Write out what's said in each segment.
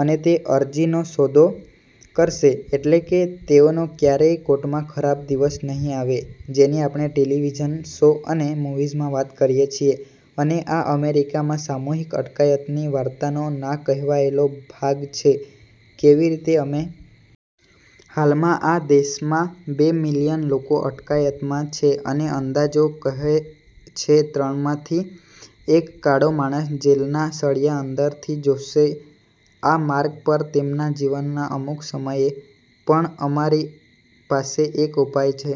અને તે અરજીનો સોદો કરશે. એટલે કે તેઓનો ક્યારેય કોર્ટમાં ખરાબ દિવસ નહિ આવે જેની આપણે ટેલિવિઝન શો અને મુવીઝમાં વાત કરીએ છીએ. અને આ અમેરિકામાં સામૂહિક અટકાયતની વાર્તાનો ના કહેવાયેલો ભાગ છે, કેવી રીતે અમે વિશ્વના સૌથી મોટા જેલર બન્યા. હાલમાં આ દેશમાં બે મિલિયન લોકો અટકાયતમાં છે અને અંદાજો કહે છે ત્રણમાંથી એક કાળો માણસ જેલના સળિયા અંદરથી જોશે આ માર્ગ પર તેમના જીવનના અમુક સમયે. પણ અમારી પાસે એક ઉપાય છે.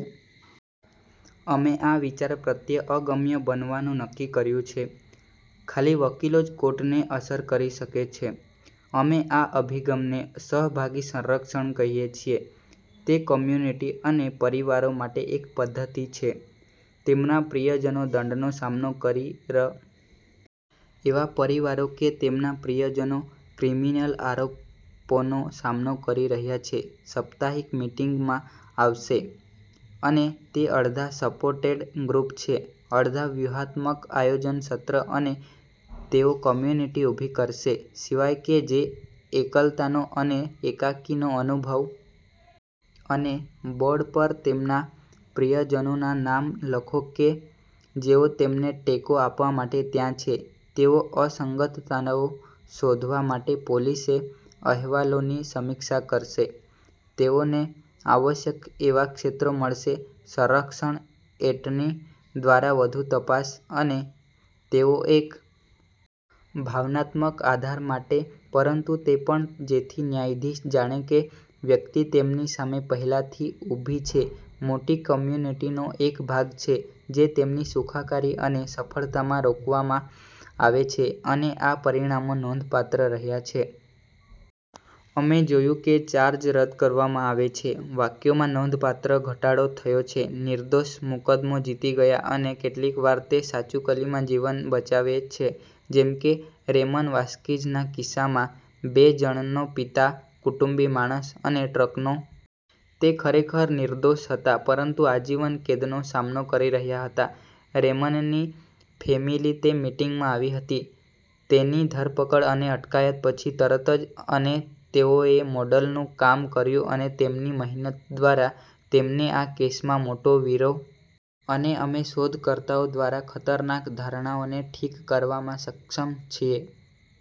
અમે આ વિચાર પ્રત્યે અગમ્ય બનવાનું નક્કી કર્યું છે. ખાલી વકીલો જ કોર્ટને અસર કરી શકે છે. અમે આ અભિગમને "સહભાગી સંરક્ષણ" કહિએ છીએ. તે કમ્યુનિટી અને પરિવારો માટે એક પદ્ધતિ છે. તેમના પ્રિયજનો દંડનો સામનો કરી રહ્યા છે અને તેઓ કેસોના પરિણામ ઉપર કેવી અસર કરી શકે છે અને અદાલતમાં શક્તિના લેન્ડસ્કેપમાં પરિવર્તન લાવવું તે કેવી રીતે કાર્ય કરે છે. એવા પરિવારો કે તેમના પ્રિયજનો ક્રિમીનલ આરોપોનો સામનો કરી રહ્યા છે સપ્તાહિક મિટિંગમાં આવશે, અને તે અડધા સપોર્ટેડ ગ્રુપ છે, અડધા વ્યૂહાત્મક આયોજન સત્ર અને તેઓ કમ્યુનિટી ઊભી કરશે સિવાય કે જે એકલતાનો અને એકાકી નો અનુભવ કરશે અને તેઓ સર્કલમાં બેસશે. અને બોર્ડ પર તેમના પ્રિયજનોના નામ લખો કે જેઓ તેમને ટેકો આપવા માટે ત્યાં છે. તેઓ અસંગતતાઓ શોધવા માટે પોલીસે અહેવાલોની સમીક્ષા કરશે, તેઓને આવશ્યક એવા ક્ષેત્રો મળશે, સંરક્ષણ એટર્ની દ્વારા વધુ તપાસ અને તેઓ એકબીજા સાથે કોર્ટમાં જશે. ભાવનાત્મક આધાર માટે પરંતુ તે પણ જેથી ન્યાયાધીશ જાણે કે વ્યક્તિ તેમની સામે પહેલાથી ઉભી છે મોટી કમ્યુનિટીનો એક ભાગ છે જે તેમની સુખાકારી અને સફળતામાં રોકવામાં આવે છે અને આ પરિણામો નોંધપાત્ર રહ્યા છે. અમે જોયું છે કે ચાર્જ રદ કરવામાં આવે છે. વાક્યોમાં નોંધપાત્ર ઘટાડો થયો છે. નિર્દોષ મુકદ્દમો જીતી ગયા અને કેટલીક વાર તે સાચુકલીમા જીવન બચાવે છે જેમકે રેમન વાસ્કિઝના કિસ્સામાં. બે જણનો પિતા, કુટુંબી માણસ, અને ટ્રકનો ડ્રાઈવર અનેકો કે તેમની ઉપર ખોટી રીતે ચાર્જીસ લગાવ્યા ગેંગ સંબંધિત હત્યા મા. તે ખરેખર નિર્દોષ હતા પરંતુ આજીવન કેદનો સામનો કરી રહ્યા હતા. રેમનની ફેમિલી તે મિટિંગમાં આવી હતી. તેની ધરપકડ અને અટકાયત પછી તરત જ અને તેઓએ મોડલનું કામ કર્યું અને તેમની મહેનત દ્વારા તેમને આ કેસમાં મોટો વિરોધાભાસ જોવા મળ્યો. અને અમે શોધ કરતાઓ દ્વારા ખતરનાક ધારણાઓને ઠીક કરવામાં સક્ષમ છીએ.